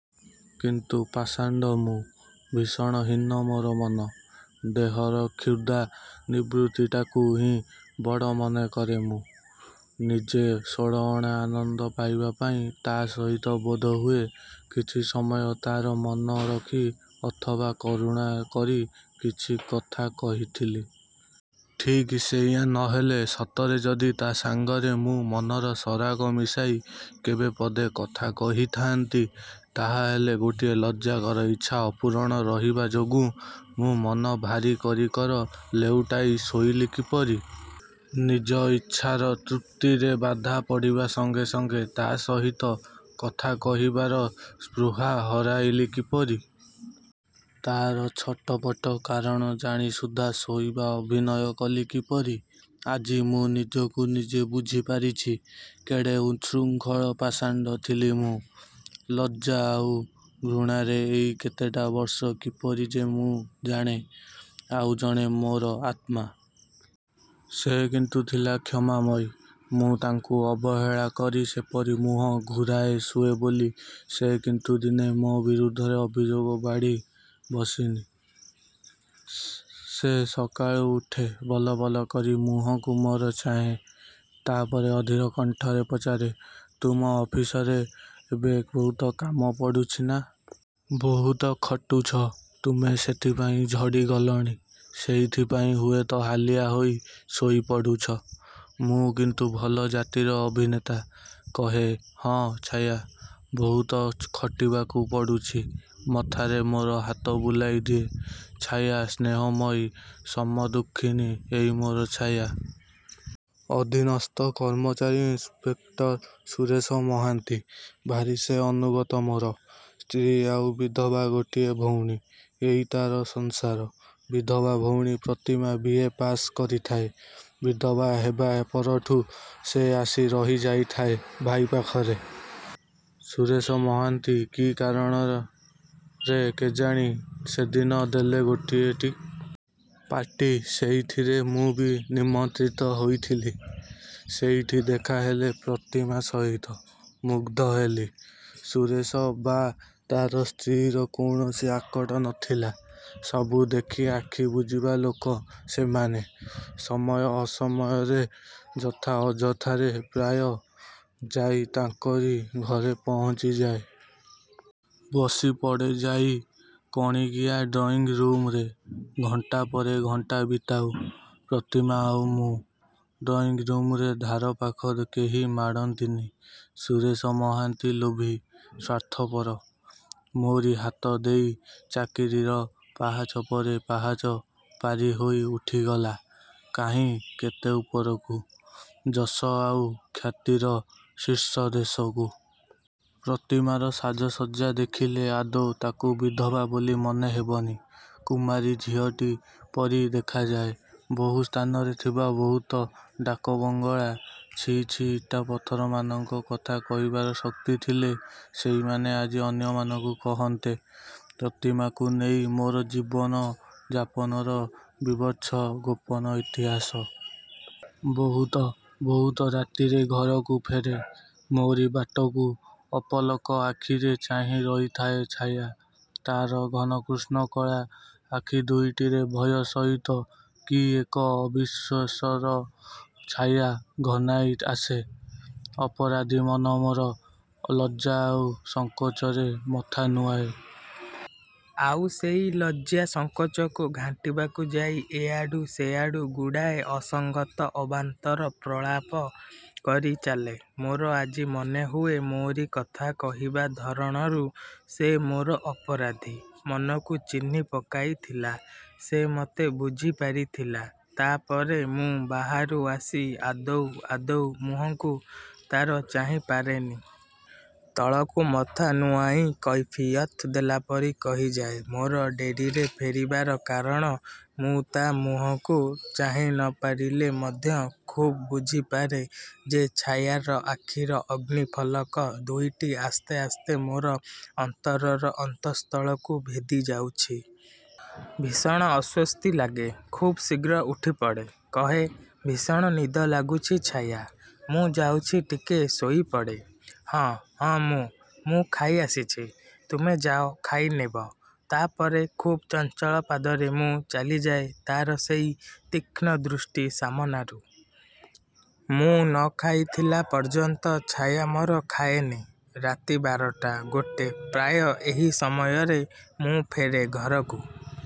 କିନ୍ତୁ ପାଷାଣ୍ଡ ମୁଁ। ଭୀଷଣ ହୀନ ମୋର ମନ। ଦେହର କ୍ଷୁଧା ନିବୃତ୍ତିଟାକୁ ହିଁ ବଡ଼ ମନେ କରେ ମୁଁ। ନିଜେ ଷୋଳଅଣା ଆନନ୍ଦ ପାଇବା ପାଇଁ ତା' ସହିତ ବୋଧହୁଏ କିଛି ସମୟ ତା'ର ମନ ରଖି ଅଥବା କରୁଣା କରି କିଛି କଥା କହିଥିଲି। ଠିକ୍ ସେଇଆ। ନହେଲେ ସତରେ ଯଦି ତା' ସାଙ୍ଗରେ ମୁଁ ମନର ସରାଗ ମିଶାଇ କେବେ ପଦେ କଥା କହିଥାନ୍ତି, ତାହାହେଲେ ଗୋଟିଏ ଲଜ୍ଜାକର ଇଚ୍ଛା ଅପୂରଣ ରହିବା ଯୋଗୁଁ ମୁଁ ମନ ଭାରି କରି କର ଲେଉଟାଇ ଶୋଇଲି କିପରି? ନିଜ ଇଚ୍ଛାର ତୃପ୍ତିରେ ବାଧା ପଡ଼ିବା ସଙ୍ଗେ ସଙ୍ଗେ ତା' ସହିତ କଥା କହିବାର ସ୍ପୃହା ହରାଇଲି କିପରି? ତା'ର ଛଟପଟ କାରଣ ଜାଣି ସୁଦ୍ଧା ଶୋଇବା ଅଭିନୟ କଲି କିପରି? ଆଜି ମୁଁ ନିଜକୁ ନିଜେ ବୁଝି ପାରିଛି, କେଡ଼େ ଉଚ୍ଛୃଙ୍ଖଳ ପାଷାଣ୍ଡ ଥିଲି ମୁଁ। ଲଜ୍ଜା ଆଉ ଘୃଣାରେ ଏଇ କେତେଟା ବର୍ଷ କିପରି ଯେ ମୁଁ ଜାଣେ ଆଉ ଜଣେ ମୋର ଆତ୍ମା। ସେ କିନ୍ତୁ ଥିଲା କ୍ଷମାମୟୀ। ମୁଁ ତାଙ୍କୁ ଅବହେଳା କରି ସେପରି ମୁହଁ ଘୂରାଇ ଶୁଏ ବୋଲି, ସେ କିନ୍ତୁ ଦିନେ ମୋ ବିରୁଦ୍ଧରେ ଅଭିଯୋଗ ବାଢ଼ି ବସିନି। ସେ ସକାଳୁ ଉଠେ। ବଲ ବଲ କରି ମୁହଁକୁ ମୋର ଚାହେଁ। ତା' ପରେ ଅଧୀର କଣ୍ଠରେ ପଚାରେ ତୁମ ଅଫିସରେ ଏବେ ବହୁତ କାମ ପଡ଼ୁଛି ନା? ବହୁତ ଖଟୁଛ ତୁମେ ସେଥିପାଇଁ ଝଡ଼ି ଗଲଣି, ସେଇଥିପାଇଁ ହୁଏତ ହାଲିଆ ହୋଇ ଶୋଇ ପଡ଼ୁଛ। ମୁଁ କିନ୍ତୁ ଭଲ ଜାତିର ଅଭିନେତା। କହେ ହଁ ଛାୟା, ବହୁତ ଖଟିବାକୁ ପଡ଼ୁଛି। ମଥାରେ ମୋର ହାତ ବୁଲାଇ ଦିଏ ଛାୟା, ସ୍ନେହମୟୀ, ସମଦୁଃଖିନୀ ଏଇ ମୋର ଛାୟା। ଅଧୀନସ୍ଥ କର୍ମଚାରୀ ଇନ୍‌ସପେକ୍ଟର ସୁରେଶ ମହାନ୍ତି। ଭାରି ସେ ଅନୁଗତ ମୋର। ସ୍ତ୍ରୀ ଆଉ ବିଧବା ଗୋଟିଏ ଭଉଣୀ। ଏଇ ତା'ର ସଂସାର। ବିଧବା ଭଉଣୀ ପ୍ରତିମା ବି. ଏ. ପାସ୍ କରିଥାଏ। ବିଧବା ହେବା ପରଠୁ ସେ ଆସି ରହିଯାଇଥାଏ ଭାଇ ପାଖରେ। ସୁରେଶ ମହାନ୍ତି କି କାରଣରେ କେଜାଣି ସେଦିନ ଦେଲେ ଗୋଟିଏ ଟି. ପାର୍ଟି। ସେଇଥିରେ ମୁଁ ବି ନିମନ୍ତ୍ରିତ ହୋଇଥିଲି। ସେଇଠି ଦେଖାହେଲେ ପ୍ରତିମା ସହିତ। ମୁଗ୍ଧ ହେଲି। ସୁରେଶ ବା ତା'ର ସ୍ତ୍ରୀର କୌଣସି ଆକଟ ନ ଥିଲା। ସବୁ ଦେଖି ଆଖି ବୁଜିବା ଲୋକ ସେମାନେ। ସମୟ ଅସମୟରେ ଯଥା ଅଯଥାରେ ପ୍ରାୟ ଯାଇ ତାଙ୍କରି ଘରେ ପହଞ୍ଚି ଯାଏ। ବସି ପଡ଼େ ଯାଇ କଣିକିଆ ଡ୍ରଇଂରୁମ୍‌ରେ। ଘଣ୍ଟା ପରେ ଘଣ୍ଟା ବିତାଉ, ପ୍ରତିମା ଆଉ ମୁଁ। ଡ୍ରଇଂରୁମ୍‌ର ଧାର ପାଖ କେହି ମାଡ଼ନ୍ତିନି। ସୁରେଶ ମହାନ୍ତି ଲୋଭୀ, ସ୍ୱାର୍ଥପର। ମୋରି ହାତ ଦେଇ ଚାକିରିର ପାହାଚ ପରେ ପାହାଚ ପାରି ହୋଇ ଉଠିଗଲା କାହିଁ କେତେ ଉପରକୁ, ଯଶ ଆଉ ଖ୍ୟାତିର ଶୀର୍ଷଦେଶକୁ। ପ୍ରତିମାର ସାଜସଜ୍ଜା ଦେଖିଲେ ଆଦୌ ତାକୁ ବିଧବା ବୋଲି ମନେ ହେବନି। କୁମାରୀ ଝିଅଟି ପରି ଦେଖାଯାଏ। ବହୁ ସ୍ଥାନରେ ଥିବା ବହୁତ ଡାକବଙ୍ଗଳା ଛି, ଛି ଇଟା ପଥରମାନଙ୍କ କଥା କହିବାର ଶକ୍ତି ଥିଲେ ସେଇମାନେ ଆଜି ଅନ୍ୟମାନଙ୍କୁ କହନ୍ତେ ପ୍ରତିମାକୁ ନେଇ ମୋର ଜୀବନ ଯାପନର ବୀଭତ୍ସ ଗୋପନ ଇତିହାସ। ବହୁତ, ବହୁତ ରାତିରେ ଘରକୁ ଫେରେ। ମୋରି ବାଟକୁ ଅପଲକ ଆଖିରେ ଚାହିଁ ରହିଥାଏ ଛାୟା। ତା'ର ଘନକୃଷ୍ଣ କଳା ଆଖି ଦୁଇଟିରେ ଭୟ ସହିତ କି ଏକ ଅବିଶ୍ୱାସର ଛାୟା ଘନାଇ ଆସେ। ଅପରାଧୀ ମନ ମୋର। ଲଜ୍ଜା ଆଉ ସଂକୋଚରେ ମଥା ନୁଆଁଏ। ଆଉ ସେଇ ଲଜ୍ଜା ସଂକୋଚକୁ ଘାଣ୍ଟିବାକୁ ଯାଇ ଏଆଡ଼ୁ ସେଆଡ଼ୁ ଗୁଡ଼ାଏ ଅସଙ୍ଗତ ଅବାନ୍ତର ପ୍ରଳାପ କରି ଚାଲେ। ମୋର ଆଜି ମନେ ହୁଏ ମୋରି କଥା କହିବା ଧରଣରୁ ସେ ମୋର ଅପରାଧୀ ମନକୁ ଚିହ୍ନି ପକାଇଥିଲା। ସେ ମତେ ବୁଝି ପାରିଥିଲା। ତା' ପରେ ମୁଁ ବାହାରୁ ଆସି ଆଦୌ, ଆଦୌ ମୁହଁକୁ ତା'ର ଚାହିଁ ପାରେନି। ତଳକୁ ମଥା ନୁଆଁଇ କୈଫିୟତ୍ ଦେଲା ପରି କହିଯାଏ ମୋର ଡେରିରେ ଫେରିବାର କାରଣ। ମୁଁ ତା' ମୁହଁକୁ ଚାହିଁ ନ ପାରିଲେ ମଧ୍ୟ ଖୁବ୍ ବୁଝି ପାରେ ଯେ ଛାୟାର ଆଖିର ଅଗ୍ନିଫଲକ ଦୁଇଟି ଆସ୍ତେ ଆସ୍ତେ ମୋର ଅନ୍ତରର ଅନ୍ତଃସ୍ଥଳକୁ ଭେଦି ଯାଉଛି। ଭୀଷଣ ଅସ୍ୱସ୍ତି ଲାଗେ। ଖୁବ୍ ଶୀଘ୍ର ଉଠି ପଡ଼େ। କହେ ଭୀଷଣ ନିଦ ଲାଗୁଛି ଛାୟା। ମୁଁ ଯାଉଛି ଟିକେ ଶୋଇ ପଡ଼େ। ହଁ, ହଁ ମୁଁ, ମୁଁ ଖାଇ ଆସିଛି। ତୁମେ ଯାଅ ଖାଇନେବ। ତା' ପରେ ଖୁବ୍ ଚଞ୍ଚଳ ପାଦରେ ମୁଁ ଚାଲିଯାଏ ତା'ର ସେଇ ତୀକ୍ଷ୍ଣ ଦୃଷ୍ଟି ସାମନାରୁ। ମୁଁ ନ ଖାଇଥିଲା ପର୍ଯ୍ୟନ୍ତ ଛାୟା ମୋର ଖାଏନି। ରାତି ବାରଟା, ଗୋଟେ ପ୍ରାୟ ଏହି ସମୟରେ ମୁଁ ଫେରେ ଘରକୁ।